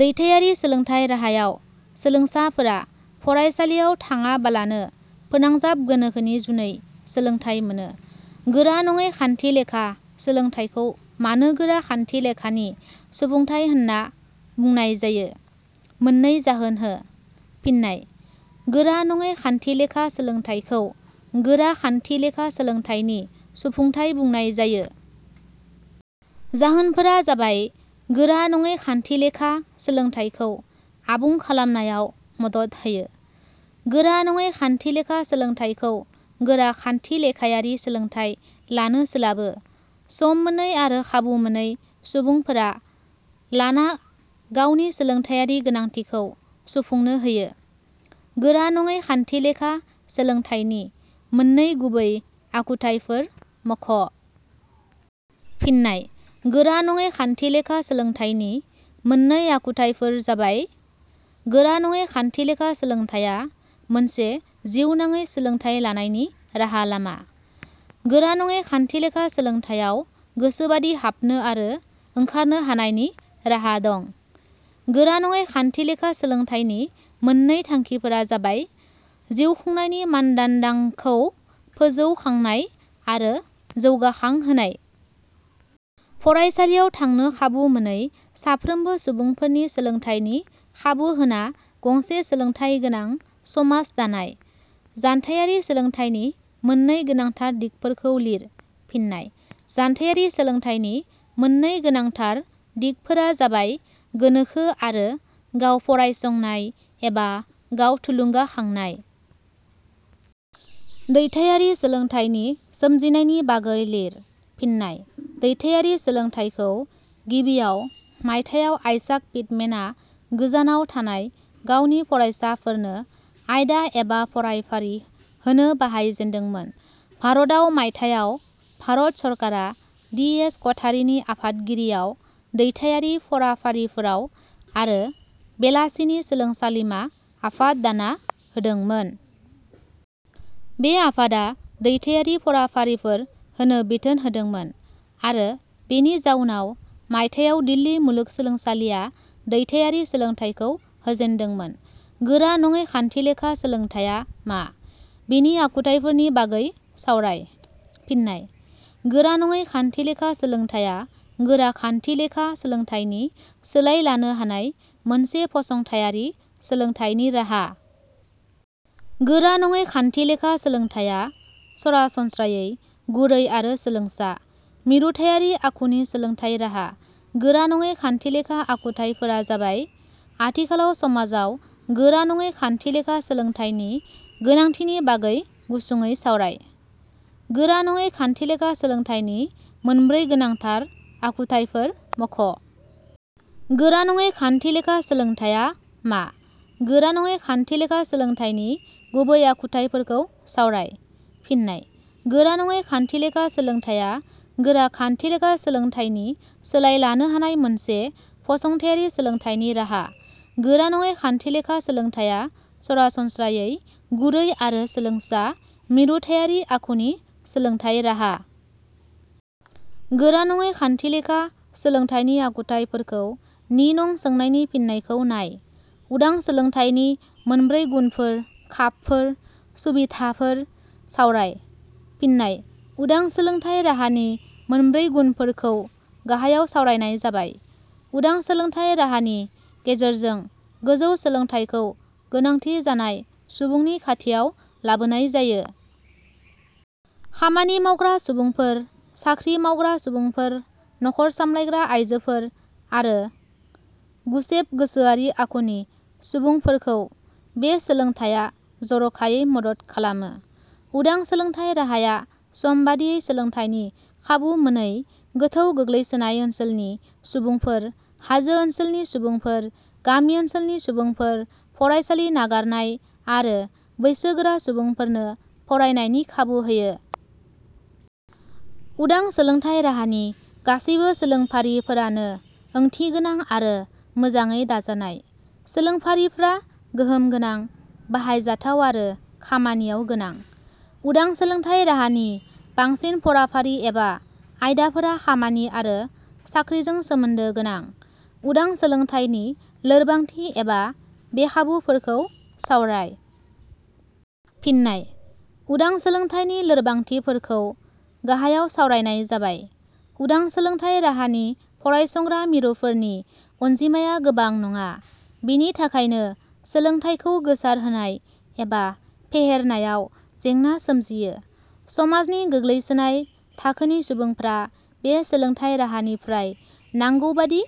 दैथाइयारि सोलोंथाइ राहायाव सोलोंसाफोरा फरायसालियाव थांआबालानो फोनांजाब गोनोखोनि जुनै सोलोंथाइ मोनो।. गोरा नङै खान्थिलेखा सोलोंथाइखौ मानो गोरा खान्थिलेखानि सुफुंथाइ होनना बुंनाय जायो? मोननै जाहोन हो। फिन्नाय: गोरा नङै खान्थिलेखा सोलोंथाइखौ गोरा खान्थिलेखा सोलोंथाइनि सुफुंथाइ बुंनाय जायो। जाहोनफोरा जाबाय:. गोरा नङै खान्थिलेखा सोलोंथाइखौ आबुं खालामनायाव मदद होयो।. गोरा नङै खान्थिलेखा सोलोंथाइखौ गोरा खान्थिलेखायारि सोलोंथाइ लानो सोलाबै, सम मोनै आरो खाबु मोनै सुबुंफोरा लाना गावनि सोलोंथाइयारि गोनांथिखौ सुफुंनो होयो।. गोरा नङै खान्थिलेखा सोलोंथाइनि मोननै गुबै आखुथाइफोर मख'। फिन्नाय: गोरा नङै खान्थिलेखा सोलोंथाइनि मोननै आखुथाइफोर जाबाय:. गोरा नङै खान्थिलेखा सोलोंथाइया मोनसे जिउ नाङै सोलोंथाइ लानायनि राहा लामा।. गोरा नङै खान्थिलेखा सोलोंथाइयाव गोसोबादि हाबनो आरो ओंखारनो हानायनि राहा दं।.गोरा नङै खान्थिलेखा सोलोंथाइनि मोननै थांखिफोरा जाबाय: जिउ खुंनायनि मानदान्दांखौ फोजौखांनाय आरो जौगाखांहोनाय। फरायसालियाव थांनो खाबु मोनै साफ्रोमबो सुबुंफोरनि सोलोंथाइनि खाबु होना गंसे सोलोंथाइ गोनां समास दानाय।. जानथायारि सोलोंथाइनि मोननै गोनांथार दिगफोरखौ लिर। फिन्नाय: जानथायारि सोलोंथाइनि मोननै गोनांथार दिगफोरा जाबाय:. गोनोखो आरो. गाव फरायसंनाय एबा गाव थुलुंगाखांनाय।. दैथाइयारि सोलोंथाइनि सोमजिनायनि बागै लिर। फिन्नाय: दैथाइयारि सोलोंथाइखौ गिबियाव मायथाइयाव आयसाक पिटमेन आ गोजानाव थानाय गावनि फरायसाफोरनो '' आयदा एबा फरायफारि होनो बाहाय जेनदोंमोन। भारताव मायथाइयाव भारत सरकारा डि. एस. कथारिनि आफादगिरियाव दैथाइयारि फराफारिफोराव आरो बेलासेनि सोलोंसालिमा आफाद दाना होदोंमोन। बे आफादा दैथाइयारि फराफारिफोर होनो बिथोन होदोंमोन आरो बेनि जाउनाव मायथाइयाव दिल्ली मुलुगसोलोंसालिया दैथाइयारि सोलोंथाइखौ होजेनदोंमोन।. गोरा नङै खान्थिलेखा सोलोंथाइया मा? बेनि आखुथाइफोरनि बागै सावराय। फिन्नाय: गोरा नङै खान्थिलेखा सोलोंथाइया गोरा खान्थिलेखा सोलोंथाइनि सोलाय लानो हानाय मोनसे फसंथाइयारि सोलोंथाइनि राहा। गोरा नङै खान्थिलेखा सोलोंथाइया सरासनस्रायै गुरै आरो सोलोंसा – मिरुथाइयारि आखुनि सोलोंथाइ राहा। गोरा नङै खान्थिलेखा आखुथाइफोरा जाबाय:.आथिखालाव समाजाव गोरा नङै खान्थिलेखा सोलोंथाइनि गोनांथिनि बागै गुसुङै सावराय।. गोरा नङै खान्थिलेखा सोलोंथाइनि मोनब्रै गोनांथार आखुथाइफोर मख'।. गोरा नङै खान्थिलेखा सोलोंथाइया मा? गोरा नङै खान्थिलेखा सोलोंथाइनि गुबै आखुथाइफोरखौ सावराय। फिन्नाय: गोरा नङै खान्थिलेखा सोलोंथाइया गोरा खान्थिलेखा सोलोंथाइनि सोलाय लानो हानाय मोनसे फसंथाइयारि सोलोंथाइनि राहा। गोरा नङै खान्थिलेखा सोलोंथाइया सरासनस्रायै गुरै आरो सोलोंसा – मिरुथाइयारि आखुनि सोलोंथाइ राहा। गोरा नङै खान्थिलेखा सोलोंथाइनि आखुथाइफोरखौ नि नं सोंनायनि फिननायखौ नाय।. उदां सोलोंथाइनि मोनब्रै गुनफोर/खाबफोर/ सुबिधाफोर सावराय। फिन्नाय: उदां सोलोंथाइ राहानि मोनब्रै गुनफोरखौ गाहायाव सावरायनाय जाबाय:. उदां सोलोंथाइ राहानि गेजेरजों गोजौ सोलोंथाइखौ गोनांथि जानाय सुबुंनि खाथियाव लाबोनाय जायो। खामानि मावग्रा सुबुंफोर, साख्रि मावग्रा सुबुंफोर, नख'र सामलायग्रा आइजोफोर आरो गुसेब गोसोआरि आखुनि सुबुंफोरखौ बे सोलोंथाइया जर'खायै मदद खालामो।. उदां सोलोंथाइ राहाया समबादियै सोलोंथाइनि खाबु मोनै गोथौ गोग्लैसोनाय ओनसोलनि सुबुंफोर, हाजो ओनसोलनि सुबुंफोर, गामि ओनसोलनि सुबुंफोर, फरायसालि नागारनाय आरो बैसो गोरा सुबुंफोरनो फरायनायनि खाबु होयो।. उदां सोलोंथाइ राहानि गासैबो सोलोंफारि फोरानो ओंथि गोनां आरो मोजाङै दाजानाय। सोलोंफारिफ्रा गोहोम गोनां, बाहायजाथाव आरो खामानियाव गोनां।. उदां सोलोंथाइ राहानि बांसिन फराफारि एबा आयदाफोरा खामानि आरो साख्रिजों सोमोन्दो गोनां।.उदां सोलोंथाइनि लोरबांथि एबा बेखाबुफोरखौ सावराय। फिन्नाय: उदां सोलोंथाइनि लोरबांथि फोरखौ गाहायाव सावरायनाय जाबाय: उदां सोलोंथाइ राहानि फरायसंग्रा मिरुफोरनि अनजिमाया गोबां नङा, बेनि थाखायनो सोलोंथाइखौ गोसार होनाय एबा फेहेरनायाव जेंना सोमजियो। समाजनि गोग्लैसोनाय थाखोनि सुबुंफ्रा बे सोलोंथाइ राहानिफ्राय नांगौबादि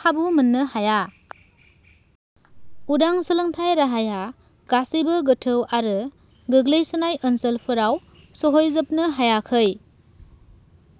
खाबु मोननो हाया। उदां सोलोंथाइ राहाया गासैबो गोथौ आरो गोग्लैसोनाय ओनसोलफोराव सहैजोबनो हायाखै।